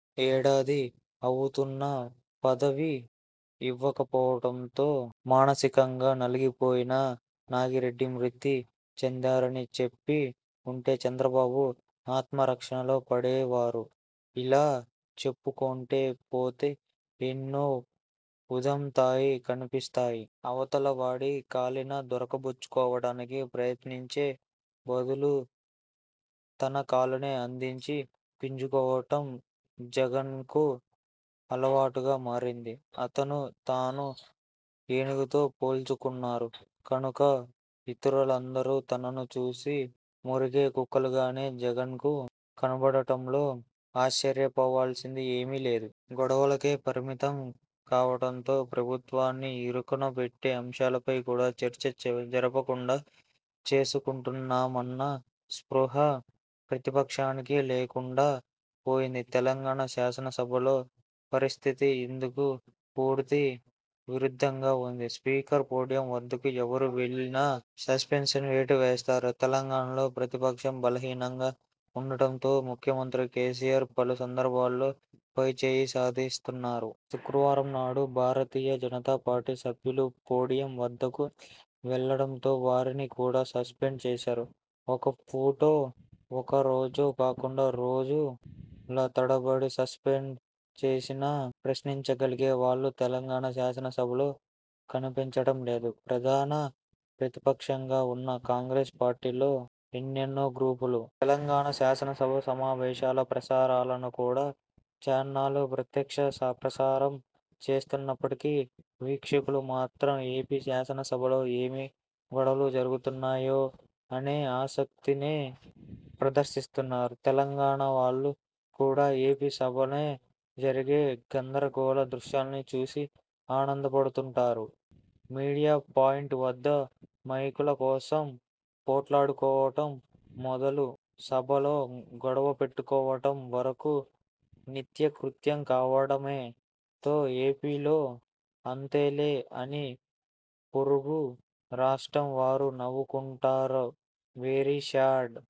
ఏడాది అవుతున్నా పదవి ఇవ్వకపోవడంతో మానసికంగా నలిగిపోయిన నాగిరెడ్డి మృతి చెందారని చెప్పి ఉంటే చంద్రబాబు ఆత్మరక్షణలో పడేవారు. ఇలా చెప్పుకొంటూ పోతే ఎన్నో ఉదంతై కనిపిస్తాయి. అవతలివాడి కాలిని దొరకబుచ్చుకోవడానికి ప్రయత్నించే బదులు తన కాలునే అందించి గింజుకోవడం జగన్కు అలవాటుగా మారింది. అతను తాను ఏనుగుతో పోల్చుకున్నారు కనుక ఇతరులందరూ తనను చూసి మొరిగే కుక్కలుగానే జగన్కు కనబడటంలో ఆశ్చర్యపోవలసింది ఏమీ లేదు. గొడవలకే పరిమితం కావడంతో ప్రభుత్వాన్ని ఇరుకునపెట్టే అంశాలపై కూడా చర్చ జరగకుండా చేసుకుంటున్నామన్న స్పృహ ప్రతిపక్షానికి లేకుండా పోయింది. తెలంగాణ శాసనసభలో పరిస్థితి ఇందుకు పూర్తి విరుద్ధంగా ఉంది. స్పీకర్ పోడియం వద్దకు ఎవరు వెళ్లినా సస్పెన్షన్ వేటు వేస్తున్నారు. తెలంగాణలో ప్రతిపక్షం బలహీనంగా ఉండటంతో ముఖ్యమంత్రి కేసీఆర్ పలు సందర్భాలలో పైచేయి సాధిస్తున్నారు. శుక్రవారంనాడు భారతీయ జనతా పార్టీ సభ్యులు పోడియం వద్దకు వెళ్లడంతో వారిని కూడా సస్పెండ్ చేశారు. ఒక పూటో, ఒక రోజో కాకుండా రోజుల తరబడి సస్పెండ్ చేసినా ప్రశ్నించగలిగేవాళ్లు తెలంగాణ శాసనసభలో కనిపించడం లేదు. ప్రధాన ప్రతిపక్షంగా ఉన్న కాంగ్రెస్ పార్టీలో ఎన్నెన్నో గ్రూపులు. తెలంగాణ శాసనసభ సమావేశాల ప్రసారాలను కూడా చానెళ్లు ప్రత్యక్ష ప్రసారం చేస్తున్నప్పటికీ వీక్షకులు మాత్రం ఏపీ శాసనసభలో ఏమి గొడవలు జరుగుతున్నాయో? అనే ఆసక్తినే ప్రదర్శిస్తున్నారు. తెలంగాణవాళ్లు కూడా ఏపీ సభలో జరిగే గందరగోళ దృశ్యాలు చూసి ఆనందపడుతుంటారు. మీడియా పాయింట్ వద్ద మైకుల కోసం పోట్లాడుకోవడం మొదలు, సభలో గొడవపెట్టుకోవడం వరకు నిత్యకృత్యం కావడంలో 'ఏపీలో అంతేలే' అని పొరుగు రాష్ట్రం వారు నవ్వుకుంటున్నారు. Very sad!